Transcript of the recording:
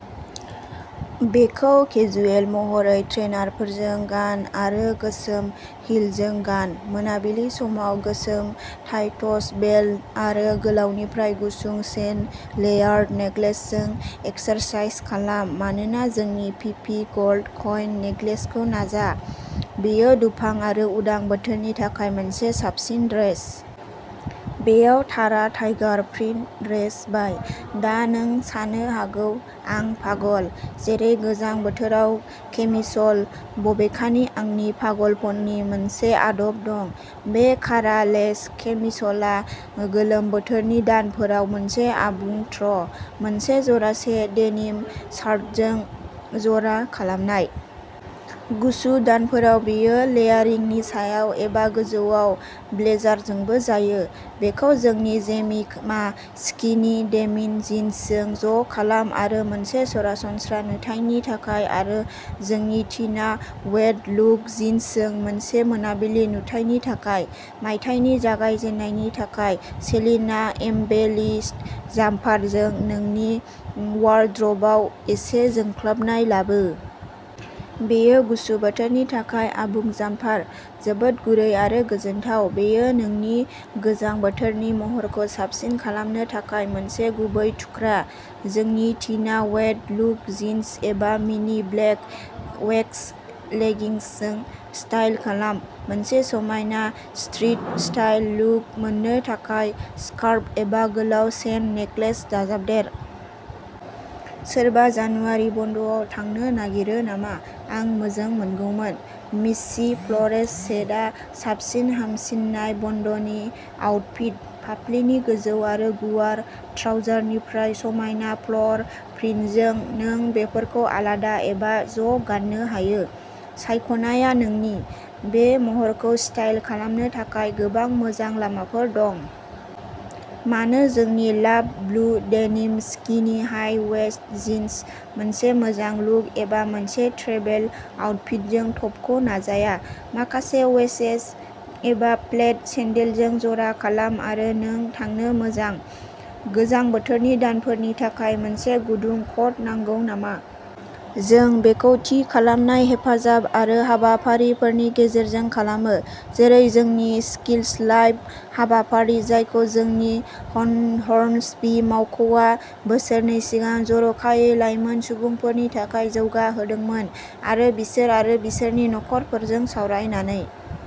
बेखौ केजुएल महरै ट्रेइनारफोरजों गान आरो गोसोम हिलजों गान। मोनाबिलि समाव। गोसोम टाइटस, बेल्ट आरो गोलावनिफ्राय गुसुं चेन लेयार्ड नेकलेसजों एक्सेसराइज खालाम-मानो जोंनि फिफि गल्ड कइन नेकलेसखौ नाजा। बेयो दुफां आरो उदां बोथोरनि थाखाय मोनसे साबसिन ड्रेस। बेयाव तारा टाइगार प्रिन्ट ड्रेस बाय। दा नों सानो हागौ आं पागल, जेरै गोजां बोथोराव केमिसोल? बबेखानि, आंनि पागलपननि मोनसे आदब दं। बे कारा लेस केमिसोलआ गोलोम बोथोरनि दानफोराव मोनसे आबुं थ्र ', मोनसे जरासे डेनिम शार्ट्सजों ज'रा खालामनाय। गुसु दानफोराव बेयो लेयारिंनि सायाव, एबा गोजौआव ब्लेजारजोंबो जायो। बेखौ जोंनि जेमिमा स्किनि डेमिन जिन्सजों ज'खालाम आरो मोनसे सरासनस्रा नुथायनि थाखाय आरो जोंनि टिना वेट लुक जिन्सजों मोनसे मोनाबिलि नुथायनि थाखाय। मायथाइनि जागायजेन्नायनि थाखाय सेलिना एम्बेलिश्ड जाम्पारजों नोंनि वार्ड्रोबआव एसे जोंख्लाबनाय लाबो। बेयो गुसु बोथोरनि थाखाय आबुं जाम्पार। जोबोद गुरै आरो गोजोनथाव। बेयो नोंनि गोजां बोथोरनि महरखौ साबसिन खालामनो थाखाय मोनसे गुबै थुख्रा। जोंनि टिना वेट लुक जिन्स एबा मिनि ब्लेक वेक्स लेगिंग्सजों स्टाइल खालाम; मोनसे समायना स्ट्रिट स्टाइल लुक मोननो थाखाय स्कार्फ एबा गोलाव चेन नेकलेस दाजाबदेर। सोरबा जानुवारि बन्द'आव थांनो नागिरो नामा? आं मोजांमोनगौमोन! मिस्सि फ्लरेल सेटआ साबसिन हामसिननाय बन्द'नि आउटफिट। फाफ्लिनि गोजौ आरो गुवार ट्राउजारनिफ्राय समायना फ्लर प्रिन्टजों नों बेफोरखौ आलादा एबा ज'गाननो हायो, सायख'नायआ नोंनि, बे महरखौ स्टाइल खालामनो थाखाय गोबां मोजां लामाफोर दं। मानो जोंनि love blue denim skinny high waist jeans, मोनसे मोजां लुक एबा मोनसे ट्रेभेल आउटफिटजों टपखौ नाजाया। माखासे वेजेस एबा फ्लेट सेन्डलजों जरा खालाम आरो नों थांनो मोजां। गोजां बोथोरनि दानफोरनि थाखाय मोनसे गुदुं कट नांगौ नामा? जों बेखौ थि खालामनाय हेफाजाब आरो हाबाफारिफोरनि गेजेरजों खालामो, जेरै जोंनि स्किल्स लाइफ हाबाफारि, जायखौ जोंनि हर्नस्बी मावख'आ बोसोरनै सिगां जर'खायै लाइमोन सुबुंफोरनि थाखाय जौगाहोदोंमोन, आरो बिसोर आरो बिसोरनि नखरफोरजों सावरायनानै।